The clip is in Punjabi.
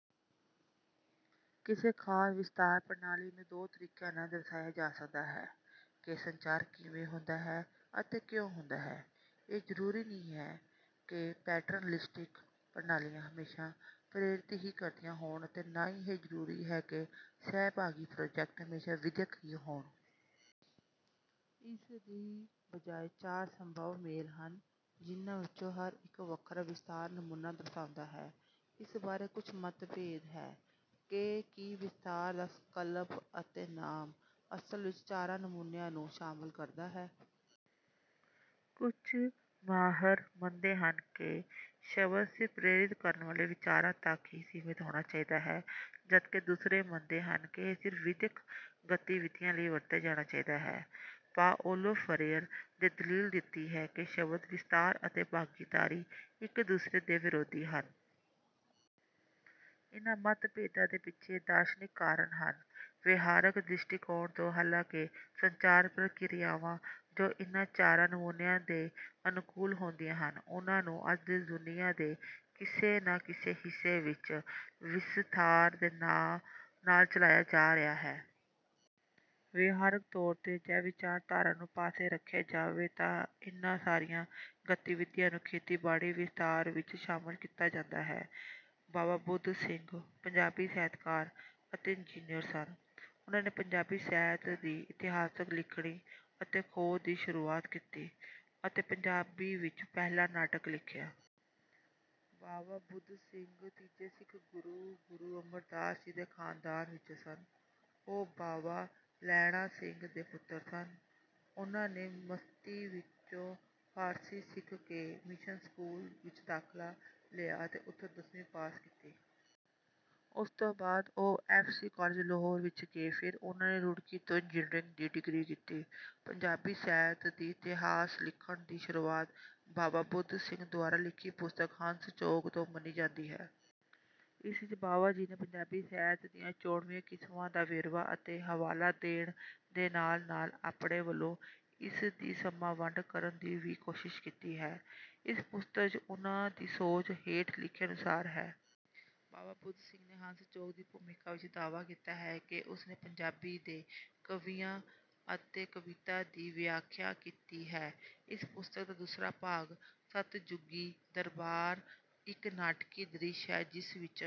ਕਿਸੇ ਖਾਸ ਵਿਸਥਾਰ ਪ੍ਰਣਾਲੀ ਨੂੰ ਦੋ ਤਰੀਕਿਆਂ ਨਾਲ ਦਰਸਾਇਆ ਜਾ ਸਕਦਾ ਹੈ ਕਿ ਸੰਚਾਰ ਕਿਵੇਂ ਹੁੰਦਾ ਹੈ ਅਤੇ ਕਿਉਂ ਹੁੰਦਾ ਹੈ। ਇਹ ਜ਼ਰੂਰੀ ਨਹੀਂ ਕਿ ਪੈਟਰਨਲਿਸਟਿਕ ਪ੍ਰਣਾਲੀਆਂ ਹਮੇਸ਼ਾ ਪ੍ਰੇਰਿਤ ਹੀ ਕਰਦੀਆਂ ਹੋਣ ਅਤੇ ਨਾ ਹੀ ਇਹ ਜ਼ਰੂਰੀ ਹੈ ਕਿ ਸਹਿਭਾਗੀ ਪ੍ਰੋਜੈਕਟ ਹਮੇਸ਼ਾ ਵਿਦਿਅਕ ਹੀ ਹੋਣ। ਇਸ ਦੀ ਬਜਾਏ ਚਾਰ ਸੰਭਵ ਮੇਲ ਹਨ ਜਿਨ੍ਹਾਂ ਵਿੱਚੋਂ ਹਰ ਇੱਕ ਵੱਖਰਾ ਵਿਸਥਾਰ ਨਮੂਨਾ ਦਰਸਾਉਂਦਾ ਹੈ। ਇਸ ਬਾਰੇ ਕੁਝ ਮਤਭੇਦ ਹੈ ਕਿ ਕੀ ਵਿਸਥਾਰ ਦਾ ਸੰਕਲਪ ਅਤੇ ਨਾਮ ਅਸਲ ਵਿੱਚ ਚਾਰਾਂ ਨਮੂਨਿਆਂ ਨੂੰ ਸ਼ਾਮਲ ਕਰਦਾ ਹੈ। ਕੁਝ ਮਾਹਿਰ ਮੰਨਦੇ ਹਨ ਕਿ ਇਹ ਸ਼ਬਦ ਸਿਰਫ ਪ੍ਰੇਰਿਤ ਕਰਨ ਵਾਲੇ ਵਿਚਾਰਾਂ ਤੱਕ ਹੀ ਸੀਮਿਤ ਹੋਣਾ ਚਾਹੀਦਾ ਹੈ ਜਦਕਿ ਦੂਸਰੇ ਮੰਨਦੇ ਹਨ ਕਿ ਇਹ ਸਿਰਫ ਵਿਦਿਅਕ ਗਤੀਵਿਧੀਆਂ ਲਈ ਵਰਤਿਆ ਜਾਣਾ ਚਾਹੀਦਾ ਹੈ। ਪਾਓਲੋ ਫਰੀਅਰ ਨੇ ਦਲੀਲ ਦਿੱਤੀ ਹੈ ਕਿ ਸ਼ਬਦ ਵਿਸਥਾਰ ਅਤੇ ਭਾਗੀਦਾਰੀ ਇੱਕ ਦੂਸਰੇ ਦੇ ਵਿਰੋਧੀ ਹਨ। ਇਨ੍ਹਾਂ ਮਤਭੇਦਾਂ ਦੇ ਪਿੱਛੇ ਦਾਰਸ਼ਨਿਕ ਕਾਰਨ ਹਨ। ਵਿਹਾਰਕ ਦ੍ਰਿਸ਼ਟੀਕੋਣ ਤੋਂ ਹਾਲਾਂਕਿ ਸੰਚਾਰ ਪ੍ਰਕਿਰਿਆਵਾਂ ਜੋ ਇਨ੍ਹਾਂ ਚਾਰਾਂ ਨਮੂਨਿਆਂ ਦੇ ਅਨੁਕੂਲ ਹੁੰਦੀਆਂ ਹਨ ਉਨ੍ਹਾਂ ਨੂੰ ਅੱਜ ਦੁਨੀਆ ਦੇ ਕਿਸੇ ਨਾ ਕਿਸੇ ਹਿੱਸੇ ਵਿੱਚ ਵਿਸਥਾਰ ਦੇ ਨਾਂ ਨਾਲ ਚਲਾਇਆ ਜਾ ਰਿਹਾ ਹੈ। ਵਿਹਾਰਕ ਤੌਰ ਤੇ ਜੇ ਵਿਚਾਰਧਾਰਾ ਨੂੰ ਪਾਸੇ ਰੱਖਿਆ ਜਾਵੇ ਤਾਂ ਇਨ੍ਹਾਂ ਸਾਰੀਆਂ ਗਤੀਵਿਧੀਆਂ ਨੂੰ ਖੇਤੀਬਾੜੀ ਵਿਸਥਾਰ ਵਿੱਚ ਸ਼ਾਮਲ ਕੀਤਾ ਜਾਂਦਾ ਹੈ। ਬਾਵਾ ਬੁੱਧ ਸਿੰਘ ਪੰਜਾਬੀ ਸਾਹਿਤਕਾਰ ਅਤੇ ਇੰਜਨੀਅਰ ਸਨ। ਉਨ੍ਹਾਂ ਨੇ ਪੰਜਾਬੀ ਸਾਹਿਤ ਦੀ ਇਤਿਹਾਸ ਲਿਖਣੀ ਅਤੇ ਖੋਜ ਦੀ ਸ਼ੁਰੂਆਤ ਕੀਤੀ ਅਤੇ ਪੰਜਾਬੀ ਵਿੱਚ ਪਹਿਲਾ ਨਾਟਕ ਲਿਖਿਆ। ਬਾਵਾ ਬੁੱਧ ਸਿੰਘ ਤੀਜੇ ਸਿੱਖ ਗੁਰੂ ਗੁਰੂ ਅਮਰਦਾਸ ਜੀ ਦੇ ਖਾਨਦਾਨ ਵਿੱਚੋਂ ਸਨ। ਉਹ ਬਾਵਾ ਲਹਿਣਾ ਸਿੰਘ ਦੇ ਪੁੱਤਰ ਸਨ। ਉਨ੍ਹਾਂ ਨੇ ਮਸੀਤ ਵਿੱਚੋਂ ਫਾਰਸੀ ਸਿੱਖ ਕੇ ਮਿਸ਼ਨ ਸਕੂਲ ਵਿੱਚ ਦਾਖਲਾ ਲਿਆ ਅਤੇ ਉਥੋਂ ਦਸਵੀਂ ਪਾਸ ਕੀਤੀ। ਉਸ ਤੋਂ ਬਾਅਦ ਉਹ ਐਫ ਸੀ ਕਾਲਜ ਲਾਹੌਰ ਵਿੱਚ ਗਏ। ਫਿਰ ਉਨ੍ਹਾਂ ਨੇ ਰੁੜਕੀ ਤੋਂ ਇੰਜਨੀਅਰਿੰਗ ਦੀ ਡਿਗਰੀ ਕੀਤੀ। ਪੰਜਾਬੀ ਸਾਹਿਤ ਦੀ ਇਤਿਹਾਸ ਲਿਖਣ ਦੀ ਸ਼ੁਰੂਆਤ ਬਾਵਾ ਬੁੱਧ ਸਿੰਘ ਦੁਆਰਾ ਲਿਖੀ ਪੁਸਤਕ ਹੰਸ ਚੋਗ ਤੋਂ ਮੰਨੀ ਜਾਂਦੀ ਹੈ। ਇਸ ਵਿੱਚ ਬਾਵਾ ਜੀ ਨੇ ਪੰਜਾਬੀ ਸਾਹਿਤ ਦੀਆਂ ਚੋਣਵੀਆਂ ਕਿਸਮਾਂ ਦਾ ਵੇਰਵਾ ਅਤੇ ਹਵਾਲਾ ਦੇਣ ਦੇ ਨਾਲ ਨਾਲ ਆਪਣੇ ਵੱਲੋਂ ਇਸ ਦੀ ਸਮਾਂ ਵੰਡ ਕਰਨ ਦੀ ਵੀ ਕੋਸ਼ਿਸ਼ ਕੀਤੀ ਹੈ। ਇਸ ਪੁਸਤਕ ਵਿੱਚ ਉਨ੍ਹਾਂ ਦੀ ਸੋਚ ਹੇਠ ਲਿਖੇ ਅਨੁਸਾਰ ਹੈ। ਬਾਵਾ ਬੁੱਧ ਸਿੰਘ ਨੇ ਹੰਸ ਚੋਗ ਦੀ ਭੂਮਿਕਾ ਵਿੱਚ ਦਾਅਵਾ ਕੀਤਾ ਹੈ ਕਿ ਉਸ ਨੇ ਪੰਜਾਬੀ ਦੇ ਕਵੀਆਂ ਅਤੇ ਕਵਿਤਾ ਦੀ ਵਿਆਖਿਆ ਕੀਤੀ ਹੈ। ਇਸ ਪੁਸਤਕ ਦਾ ਦੂਸਰਾ ਭਾਗ ਸਤਿਜੁਗੀ ਦਰਬਾਰ ਇੱਕ ਨਾਟਕੀ ਦ੍ਰਿਸ਼ ਹੈ ਜਿਸ ਵਿੱਚ